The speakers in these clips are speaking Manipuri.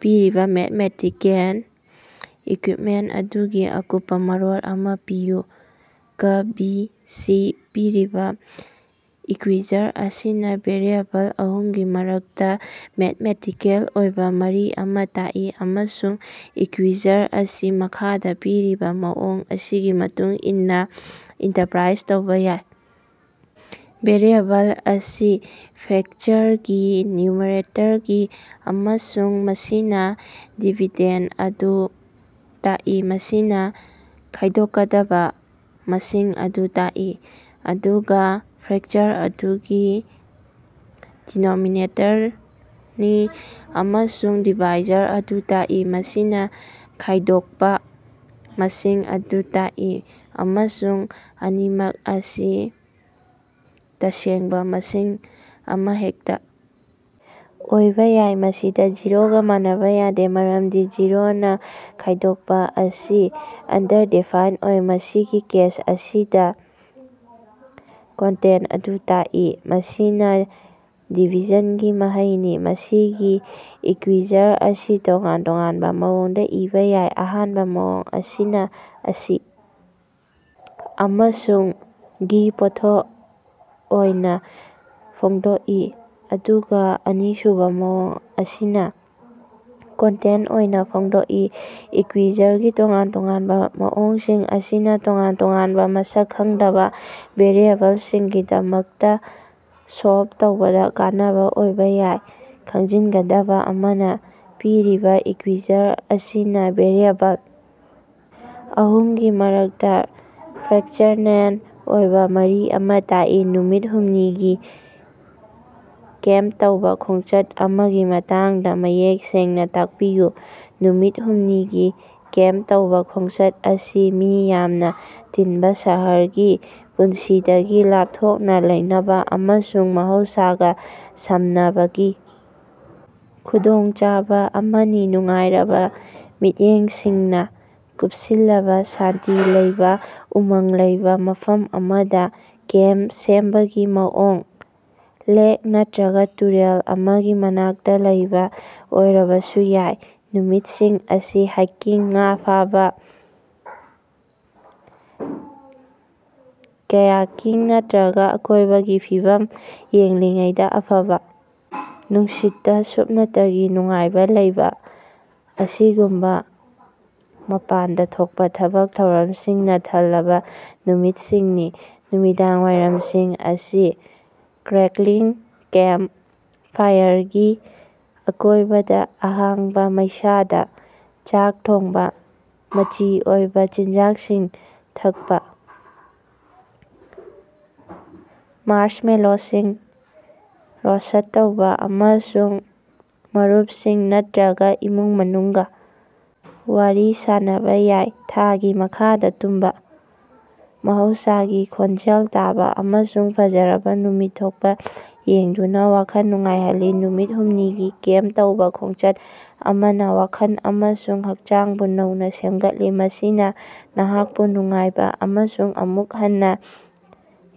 ꯄꯤꯔꯤꯕ ꯃꯦꯊꯃꯦꯇꯤꯀꯦꯜ ꯏꯀ꯭ꯌꯨꯏꯞꯃꯦꯟꯇ ꯑꯗꯨꯒꯤ ꯑꯀꯨꯞꯄ ꯃꯔꯣꯜ ꯑꯃ ꯄꯤꯌꯨ꯫ ꯀ/ꯕꯤ ꯁꯤ ꯄꯤꯔꯤꯕ ꯏꯀ꯭ꯌꯨꯏꯖꯔ ꯑꯁꯤꯅ ꯚꯦꯔꯤꯑꯦꯕꯜ ꯑꯍꯨꯝꯒꯤ ꯃꯔꯛꯇ ꯃꯦꯊꯃꯦꯇꯤꯀꯦꯜ ꯑꯣꯏꯕ ꯃꯔꯤ ꯑꯃꯥ ꯇꯥꯛꯏ ꯑꯃꯁꯨꯡ ꯏꯀ꯭ꯌꯨꯏꯖꯔ ꯑꯁꯤ ꯃꯈꯥꯗ ꯄꯤꯔꯤꯕ ꯃꯑꯣꯡ ꯑꯁꯤꯒꯤ ꯃꯇꯨꯡ ꯏꯟꯅ ꯏꯟꯇꯔꯄ꯭ꯔꯥꯏꯖ ꯇꯧꯕ ꯌꯥꯏ꯫ ꯚꯦꯔꯤꯑꯦꯕꯜ ꯑꯁꯤ ꯐ꯭ꯔꯦꯛꯆꯔꯒꯤ ꯅ꯭ꯌꯨꯃꯔꯦꯇꯔꯅꯤ ꯑꯃꯁꯨꯡ ꯃꯁꯤꯅ ꯗꯤꯕꯤꯗꯦꯟꯗ ꯑꯗꯨ ꯇꯥꯛꯏ, ꯃꯁꯤꯅꯥ ꯈꯥꯏꯗꯣꯛꯀꯗꯕ ꯃꯁꯤꯡ ꯑꯗꯨ ꯇꯥꯛꯏ, ꯑꯗꯨꯒ ꯐ꯭ꯔꯦꯛꯆꯔ ꯑꯗꯨꯒꯤ ꯗꯤꯅꯣꯃꯤꯅꯦꯇꯔꯅꯤ ꯑꯃꯁꯨꯡ ꯗꯤꯚꯥꯏꯖꯔ ꯑꯗꯨ ꯇꯥꯛꯏ, ꯃꯁꯤꯅ ꯈꯥꯏꯗꯣꯛꯄ ꯃꯁꯤꯡ ꯑꯗꯨ ꯇꯥꯛꯏ꯫ ꯑꯃꯁꯨꯡ ꯑꯅꯤꯃꯛ ꯑꯁꯤ ꯇꯁꯦꯡꯕꯥ ꯃꯁꯤꯡ ꯑꯃꯍꯦꯛꯇ ꯑꯣꯏꯕ ꯌꯥꯏ, ꯃꯁꯤꯗ ꯖꯤꯔꯣꯒꯥ ꯃꯥꯟꯅꯕ ꯌꯥꯗꯦ, ꯃꯔꯝꯗꯤ ꯖꯤꯔꯣꯅ ꯈꯥꯏꯗꯣꯛꯄ ꯑꯁꯤ ꯑꯟꯗꯔꯗꯦꯐꯥꯏꯗ ꯑꯣꯏ꯫ ꯃꯁꯤꯒꯤ ꯀꯦꯁ ꯑꯁꯤꯗ ꯀꯣꯟꯇꯦꯟꯇ ꯑꯗꯨ ꯇꯥꯛꯏ, ꯃꯁꯤꯅ ꯗꯤꯚꯤꯖꯟꯒꯤ ꯃꯍꯩꯅꯤ꯫ ꯃꯁꯤꯒꯤ ꯏꯀ꯭ꯌꯨꯏꯖꯔ ꯑꯁꯤ ꯇꯣꯉꯥꯟ ꯇꯣꯉꯥꯟꯕ ꯃꯑꯣꯡꯗ ꯏꯕ ꯌꯥꯏ꯫ ꯑꯍꯥꯟꯕ ꯃꯑꯣꯡ ꯑꯁꯤꯅ ꯑꯁꯤ ꯑꯃꯁꯨꯡ ꯒꯤ ꯄꯣꯠꯊꯣꯛ ꯑꯣꯏꯅ ꯐꯣꯡꯗꯣꯛꯏ, ꯑꯗꯨꯒ ꯑꯅꯤꯁꯨꯕ ꯃꯑꯣꯡ ꯑꯁꯤꯅ ꯀꯣꯟꯇꯦꯟꯇ ꯑꯣꯏꯅ ꯐꯣꯡꯗꯣꯛꯏ꯫ ꯏꯀ꯭ꯌꯨꯏꯖꯔꯒꯤ ꯇꯣꯉꯥꯟ ꯇꯣꯉꯥꯟꯕ ꯃꯑꯣꯡꯁꯤꯡ ꯑꯁꯤꯅ ꯇꯣꯉꯥꯟ ꯇꯣꯉꯥꯟꯕ ꯃꯁꯛ ꯈꯪꯗꯕ ꯚꯦꯔꯤꯑꯦꯕꯜꯁꯤꯡꯒꯤꯗꯃꯛꯇ ꯁꯣꯜꯕ ꯇꯧꯕꯗ ꯀꯥꯟꯅꯕ ꯑꯣꯏꯕ ꯌꯥꯏ꯫ ꯈꯪꯖꯤꯟꯒꯗꯕ ꯑꯃꯅ ꯄꯤꯔꯤꯕ ꯏꯀ꯭ꯌꯨꯏꯖꯔ ꯑꯁꯤꯅ ꯚꯦꯔꯤꯑꯦꯕꯜ ꯑꯍꯨꯝꯒꯤ ꯃꯔꯛꯇ ꯐ꯭ꯔꯦꯛꯆꯅꯦꯜ ꯑꯣꯏꯕ ꯃꯔꯤ ꯑꯃ ꯇꯥꯛꯏ꯫ ꯅꯨꯃꯤꯠ ꯍꯨꯝꯅꯤꯒꯤ ꯀꯦꯝꯄ ꯇꯧꯕ ꯈꯣꯡꯆꯠ ꯑꯃꯒꯤ ꯃꯇꯥꯡꯗ ꯃꯌꯦꯛ ꯁꯦꯡꯅ ꯇꯥꯛꯄꯤꯌꯨ꯫ ꯅꯨꯃꯤꯠ ꯍꯨꯝꯅꯤꯒꯤ ꯀꯦꯝꯄ ꯇꯧꯕ ꯈꯣꯡꯆꯠ ꯑꯁꯤ ꯃꯤ ꯌꯥꯝꯅ ꯇꯤꯟꯕ ꯁꯍꯔꯒꯤ ꯄꯨꯟꯁꯤꯗꯒꯤ ꯂꯥꯞꯊꯣꯛꯅ ꯂꯩꯅꯕ ꯑꯃꯁꯨꯡ ꯃꯍꯧꯁꯥꯒ ꯁꯝꯅꯕꯒꯤ ꯈꯨꯗꯣꯡꯆꯥꯕ ꯑꯃꯅꯤ꯫ ꯅꯨꯡꯉꯥꯏꯔꯕ ꯃꯤꯠꯌꯦꯡꯁꯤꯡꯅ ꯀꯨꯞꯁꯤꯜꯂꯕ ꯁꯥꯟꯇꯤ ꯂꯩꯕ, ꯎꯃꯪ ꯂꯩꯕ ꯃꯐꯝ ꯑꯃꯗ ꯀꯦꯝꯄ ꯁꯦꯝꯕꯒꯤ ꯃꯑꯣꯡ, ꯂꯦꯛ ꯅꯠꯇ꯭ꯔꯒ ꯇꯨꯔꯦꯜ ꯑꯃꯒꯤ ꯃꯅꯥꯛꯇ ꯂꯩꯕ ꯑꯣꯏꯔꯕꯁꯨ ꯌꯥꯏ꯫ ꯅꯨꯃꯤꯠꯁꯤꯡ ꯑꯁꯤ ꯍꯥꯏꯀꯤꯡ, ꯉꯥ ꯐꯥꯕ, ꯀꯥꯌꯥꯀꯤꯡ ꯅꯠꯇ꯭ꯔꯒ ꯑꯀꯣꯏꯕꯒꯤ ꯐꯤꯕꯝ ꯌꯦꯡꯂꯤꯉꯩꯗ ꯑꯐꯕ ꯅꯨꯡꯁꯤꯠꯇ ꯁꯨꯞꯅꯇꯒꯤ ꯅꯨꯡꯉꯥꯏꯕ ꯂꯩꯕ ꯑꯁꯤꯒꯨꯝꯕ ꯃꯄꯥꯟꯗ ꯊꯣꯛꯄ ꯊꯕꯛ ꯊꯧꯔꯝꯁꯤꯡꯅ ꯊꯜꯂꯕ ꯅꯨꯃꯤꯠꯁꯤꯡꯅꯤ꯫ ꯅꯨꯃꯤꯗꯥꯡꯋꯥꯏꯔꯝꯁꯤꯡ ꯑꯁꯤ ꯀ꯭ꯔꯦꯛꯂꯤꯡ ꯀꯦꯝꯄ ꯐꯥꯏꯌꯔꯒꯤ ꯑꯀꯣꯏꯕꯗ ꯑꯍꯥꯡꯕ ꯃꯩꯁꯥꯗ ꯆꯥꯛ ꯊꯣꯡꯕ ꯃꯆꯤ ꯑꯣꯏꯕ ꯆꯤꯟꯖꯥꯛꯁꯤꯡ ꯊꯛꯄ, ꯃꯥꯔꯁꯃꯦꯂꯣꯁꯤꯡ ꯔꯣꯁ꯭ꯠ ꯇꯧꯕ ꯑꯃꯁꯨꯡ ꯃꯔꯨꯞꯁꯤꯡ ꯅꯠꯇ꯭ꯔꯒ ꯏꯃꯨꯡ ꯃꯅꯨꯡꯒ ꯋꯥꯔꯤ ꯁꯥꯅꯕ ꯌꯥꯏ꯫ ꯊꯥꯒꯤ ꯃꯈꯥꯗ ꯇꯨꯝꯕ, ꯃꯍꯧꯁꯥꯒꯤ ꯈꯣꯟꯖꯦꯜ ꯇꯥꯕ, ꯑꯃꯁꯨꯡ ꯐꯖꯔꯕ ꯅꯨꯃꯤꯠ ꯊꯣꯛꯄ ꯌꯦꯡꯗꯨꯅ ꯋꯥꯈꯜ ꯅꯨꯉꯥꯏꯍꯜꯂꯤ꯫ ꯅꯨꯃꯤꯠ ꯍꯨꯝꯅꯤꯒꯤ ꯀꯦꯝꯄ ꯇꯧꯕ ꯈꯣꯡꯆꯠ ꯑꯃꯅ ꯋꯥꯈꯜ ꯑꯃꯁꯨꯡ ꯍꯛꯆꯥꯡꯕꯨ ꯅꯧꯅ ꯁꯦꯝꯒꯠꯂꯤ, ꯃꯁꯤꯅ ꯅꯍꯥꯛꯄꯨ ꯅꯨꯡꯉꯥꯏꯕ ꯑꯃꯁꯨꯡ ꯑꯃꯨꯛ ꯍꯟꯅ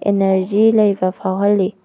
ꯏꯅꯔꯖꯤ ꯂꯩꯕ ꯐꯥꯎꯍꯜꯂꯤ꯫